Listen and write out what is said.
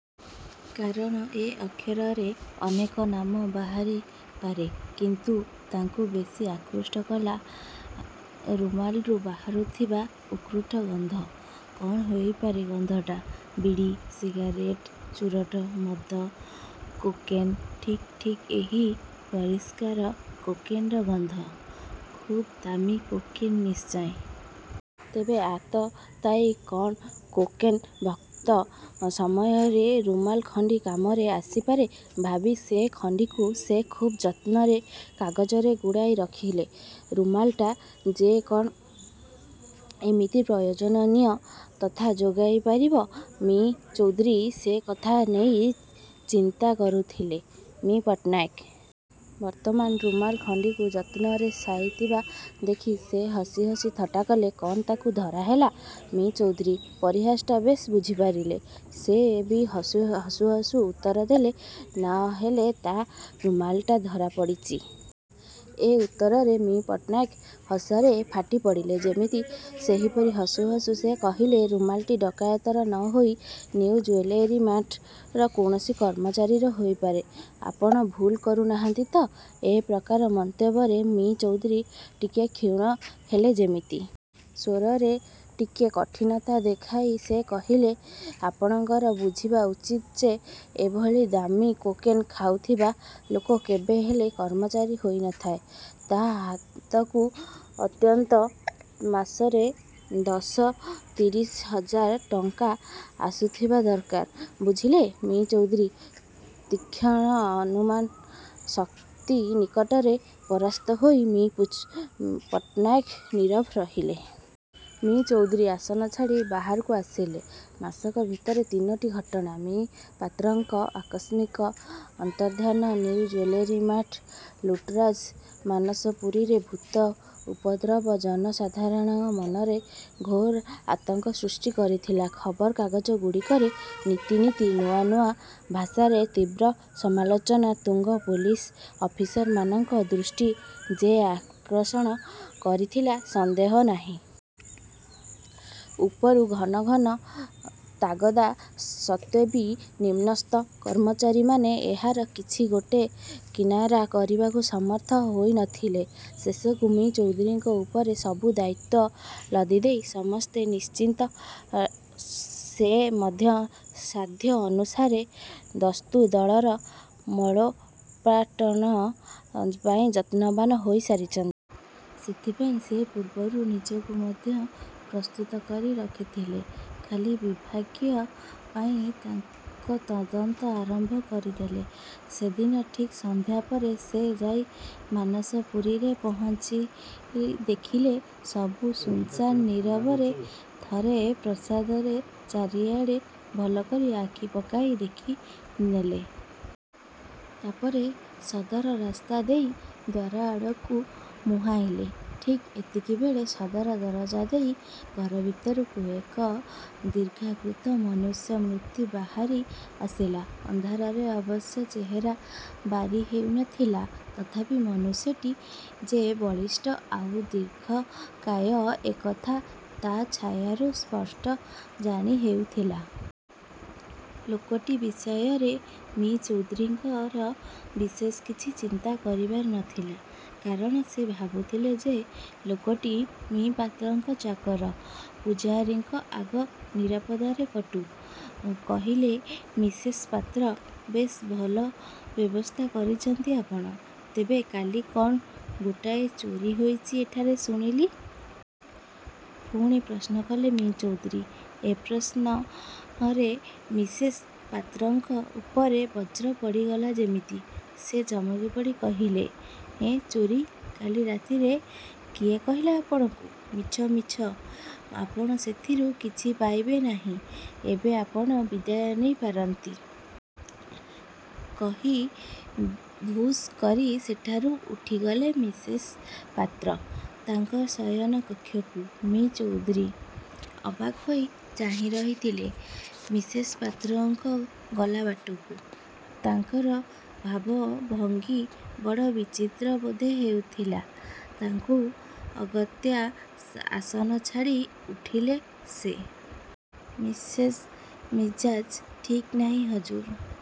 କାରଣ 'ଏ' ଅକ୍ଷରରେ ଅନେକ ନାମ ବାହାରି ପାରେ; କିନ୍ତୁ ତାଙ୍କୁ ବେଶୀ ଆକୃଷ୍ଟ କଲା ରୁମାଲରୁ ବାହାରୁଥିବା ଉତ୍କଟ ଗନ୍ଧ। କ'ଣ ହୋଇପାରେ ଗନ୍ଧଟା? ବିଡ଼ି, ସିଗାରେଟ୍, ଚୂରୁଟ, ମଦ, କୋକେନ୍ ଠିକ୍ ଠିକ୍ ଏହା ପରିଷ୍କାର କୋକେନର ଗନ୍ଧ। ଖୁବ୍ ଦାମୀ କୋକେନର ନିଶ୍ଚୟ-। ତେବେ ଆତତାୟୀ କ'ଣ କୋକେନ ଭକ୍ତ-? ସମୟରେ ରୁମାଲଖଣ୍ଡି କାମରେ ଆସିପାରେ ଭାବି ସେ ଖଣ୍ଡିକୁ ସେ ଖୁବ୍ ଯତ୍ନରେ କାଗଜରେ ଗୁଡ଼ାଇ ରଖିଲେ। ରୁମାଲଟା ଯେ କ'ଣ ଏମିତି ପ୍ରୟୋଜନୀୟ ତଥ୍ୟ ଯୋଗାଇ ପାରିବ ମି: ଚୌଧୁରୀଙ୍କୁ, ସେ କଥା ନେଇ ଚିନ୍ତା କରୁଥିଲେ ମି: ପଟ୍ଟନାୟକ। ବର୍ତ୍ତମାନ ରୁମାଲ ଖଣ୍ଡିକୁ ଯତ୍ନରେ ସାଇତିବା ଦେଖି ସେ ହସି ହସି ଥଟ୍ଟାକରି କହିଲେ, ''କଣ ତାକୁ ଧରା ହେଲା? '' ମି: ଚୌଧୁରୀ ପରିହାସଟା ବେଶ୍ ବୁଝିପାରିଲେ। ସେ ବି ହସୁ ହସୁ ଉତ୍ତର ଦେଲେ, ''ନ ହେଲେ ତା' ରୁମାଲଟା ତ ଧରା ପଡ଼ିଛି! '' ଏ ଉତ୍ତରରେ ମି: ପଟ୍ଟନାୟକ ହସରେ ଫାଟି ପଡ଼ିଲେ ଯେମିତି। ସେହିପରି ହସୁ ହସୁ ସେ କହିଲେ, ''ରୁମାଲଟି ଡକାୟତର ନ ହୋଇ ନିଉଜୁଏଲାରୀ ମାର୍ଟର କୌଣସି କର୍ମଚାରୀର ହୋଇପାରେ। ଆପଣ ଭୁଲ କରୁ ନାହାନ୍ତି ତ? '' ଏ ପ୍ରକାର ମନ୍ତବ୍ୟରେ ମି: ଚୌଧୁରୀ ଟିକିଏ କ୍ଷୁଣ୍ଣ ହେଲେ ଯେମିତି। ସ୍ୱରରେ ଟିକେ କଠିନତା ଦେଖାଇ ସେ କହିଲେ, ''ଆପଣଙ୍କର ବୁଝିବା ଉଚିତ ଯେ, ଏଭଳି ଦାମୀ କୋକେନ୍ ଖାଉଥିବା ଲୋକ କେବେ ହେଲେ କର୍ମଚାରୀ ହୋଇ ନ ପାରେ। ତା' ହାତକୁ ଅନ୍ତତଃ ମାସରେ ଦଶ ତିରିଶ ହଜାର ଟଙ୍କା ଆସୁଥିବା ଦରକାର, ବୁଝିଲେ? '' ମି: ଚୌଧୁରୀଙ୍କର ତୀକ୍ଷ୍ଣ ଅନୁମାନ ଶକ୍ତି ନିକଟରେ ପରାସ୍ତ ହୋଇ ମି: ପଟ୍ଟନାୟକ ନୀରବ ରହିଲେ। ମି: ଚୌଧୁରୀ ଆସନ ଛାଡ଼ି ବାହାରକୁ ଆସିଲେ। ମାସକ ଭିତରେ ତିନୋଟି ଘଟଣା-ମି: ପାତ୍ରଙ୍କର ଆକସ୍ମିକ ଅନ୍ତର୍ଦ୍ଧାନ, ନିଉ ଜୁଏଲାରୀ ମାର୍ଟ ଲୁଟ୍ତରାଜ, ମାନସପୁରୀରେ ଭୂତ ଉପଦ୍ରବ, ଜନ ସାଧାରଣଙ୍କ ମନରେ ଘୋର ଆତଙ୍କ ସୃଷ୍ଟି କରିଥିଲା। ଖବରକାଗଜ ଗୁଡ଼ିକରେ ନିତି ନିତି ନୂଆ ନୂଆ ଭାଷାରେ ତୀବ୍ର ସମାଲୋଚନା ତୁଙ୍ଗ ପୋଲିସ ଅଫିସରମାନଙ୍କ ଦୃଷ୍ଟି ଯେ ଆକର୍ଷଣ କରିଥିଲା, ସନ୍ଦେହ ନାହିଁ। ଉପରୁ ଘନ ଘନ ତାଗଦା ସତ୍ତ୍ୱେବି ନିମ୍ନସ୍ଥ କର୍ମଚାରୀମାନେ ଏହାର କିଛି ଗୋଟାଏ କିନାରା କରିବାକୁ ସମର୍ଥ ହୋଇ ନଥିଲେ। ଶେଷକୁ ମି: ଚୌଧୁରୀଙ୍କ ଉପରେ ସବୁ ଦାୟିତ୍ୱ ଲଦିଦେଇ ସମସ୍ତେ ନିଶ୍ଚିନ୍ତ। ସେ ମଧ୍ୟ ସାଧ୍ୟ ଅନୁସାରେ ଦସ୍ୟୁ ଦଳର ମୂଳୋତ୍ପାଟନ ପାଇଁ ଯତ୍ନବାନ୍ ହୋଇ ରହିଛନ୍ତି। ସେଥିପାଇଁ ସେ ପୂର୍ବରୁ ନିଜକୁ ମଧ୍ୟ ପ୍ରସ୍ତୁତ କରି ରଖିଥିଲେ; ଖାଲି ବିଭାଗୀୟ ନିର୍ଦ୍ଦେଶକୁ ଅପେକ୍ଷା କରିଥିଲେ ଯାହା। ଏବେ ନିର୍ଦ୍ଦେଶ ପାଇ ତାଙ୍କ ତଦନ୍ତ ଆରମ୍ଭ କରିଦେଲେ। ସେଦିନ ଠିକ୍ ସନ୍ଧ୍ୟା ପରେ ସେ ଯାଇ ମାନସପୁରୀରେ ପହଞ୍ଚି ଦେଖିଲେ-ସବୁ ଶୂନ୍ ଶାନ୍। ନୀରବରେ ଥରେ ପ୍ରାସାଦର ଚାରି ଆଡ଼କୁ ଭଲକରି ଆଖି ପକାଇ ଦେଖିନେଲେ। ତା'ପରେ ସଦର ରାସ୍ତା ଦେଇ ଦ୍ୱାର ଆଡ଼କୁ ମୁହାଁଇଲେ। ଠିକ୍ ଏତିକିବେଳେ ସଦର ଦରଜା ଦେଇ ଘର ଭିତରୁ ଏକ ଦୀର୍ଘାକୃତ ମନୁଷ୍ୟମୂର୍ତ୍ତି ବାହାରି ଆସିଲା। ଅନ୍ଧାରରେ ଅବଶ୍ୟ ଚେହେରା ବାରି ହେଉ ନଥିଲା। ତଥାପି ମନୁଷ୍ୟଟି ଯେ ବଳିଷ୍ଠ ଆଉ ଦୀର୍ଘକାୟ, ଏକଥା ତା'ଛାୟାରୁ ସ୍ପଷ୍ଟ ଜାଣି ହେଉଥିଲା। ଲୋକଟି ବିଷୟରେ ମି: ଚୌଧୁରୀଙ୍କର ବିଶେଷ କିଛି ଚିନ୍ତା କରିବାର ନଥିଲା; କାରଣ ସେ ଭାବୁଥିଲେ ଯେ ଲୋକଟି ମି: ପାତ୍ରଙ୍କର ଚାକର। ପୁଝାରୀଙ୍କ। ଆଗ ନିରାପଦରେ କଟୁ। '' କହିଲେ ମିସେସ୍ ପାତ୍ର। ''ବେଶ୍! ଭଲ ବ୍ୟବସ୍ଥା କରିଛନ୍ତି ଆପଣ। ତେବେ କାଲି କ'ଣ ଗୋଟାଏ ଚୋରୀ ହୋଇଛି ଏଠାରେ ଶୁଣିଲି। '' ପୁଣି ପ୍ରଶ୍ନ କଲେ ମି: ଚୌଧୁରୀ। ଏ ପ୍ରଶ୍ନରେ ମିସେସ୍ ପାତ୍ରଙ୍କ ଉପରେ ବଜ୍ର ପଡ଼ିଗଲା ଯେମିତି। ସେ ଚମକିପଡ଼ି କହିଲେ, ''ଏଁ, ଚୋରୀ! କାଲି ରାତିରେ? କିଏ କହିଲା ଆପଣଙ୍କୁ? ମିଛ, ମିଛ; ଆପଣ ସେଥିରୁ କିଛି ପାଇବେ ନାହିଁ। ଏବେ ଆପଣ ବିଦାୟ ନେଇ ପାରନ୍ତି। '' କହି ଭୁଷ୍ କରି ସେଠାରୁ ଉଠିଗଲେ ମିସେସ୍ ପାତ୍ର ତାଙ୍କ ଶୟନ କକ୍ଷକୁ। ମି: ଚୌଧୁରୀ ଅବାକ୍ ହୋଇ ଚାହିଁ ରହିଥିଲେ ମିସେସ୍ ପାତ୍ରଙ୍କ ଗଲା ବାଟକୁ। ତାଙ୍କର ଭାବ ଭଙ୍ଗି ବଡ଼ ବିଚିତ୍ର ବୋଧ ହେଉଥିଲା ତାଙ୍କୁ। ଅଗତ୍ୟା ଆସନ ଛାଡ଼ି ଉଠିଲେ ସେ। ''ମିସେସ୍ଙ୍କ ମିଜାଜ୍ ଠିକ୍ ନାହିଁ ହଜୁର୍!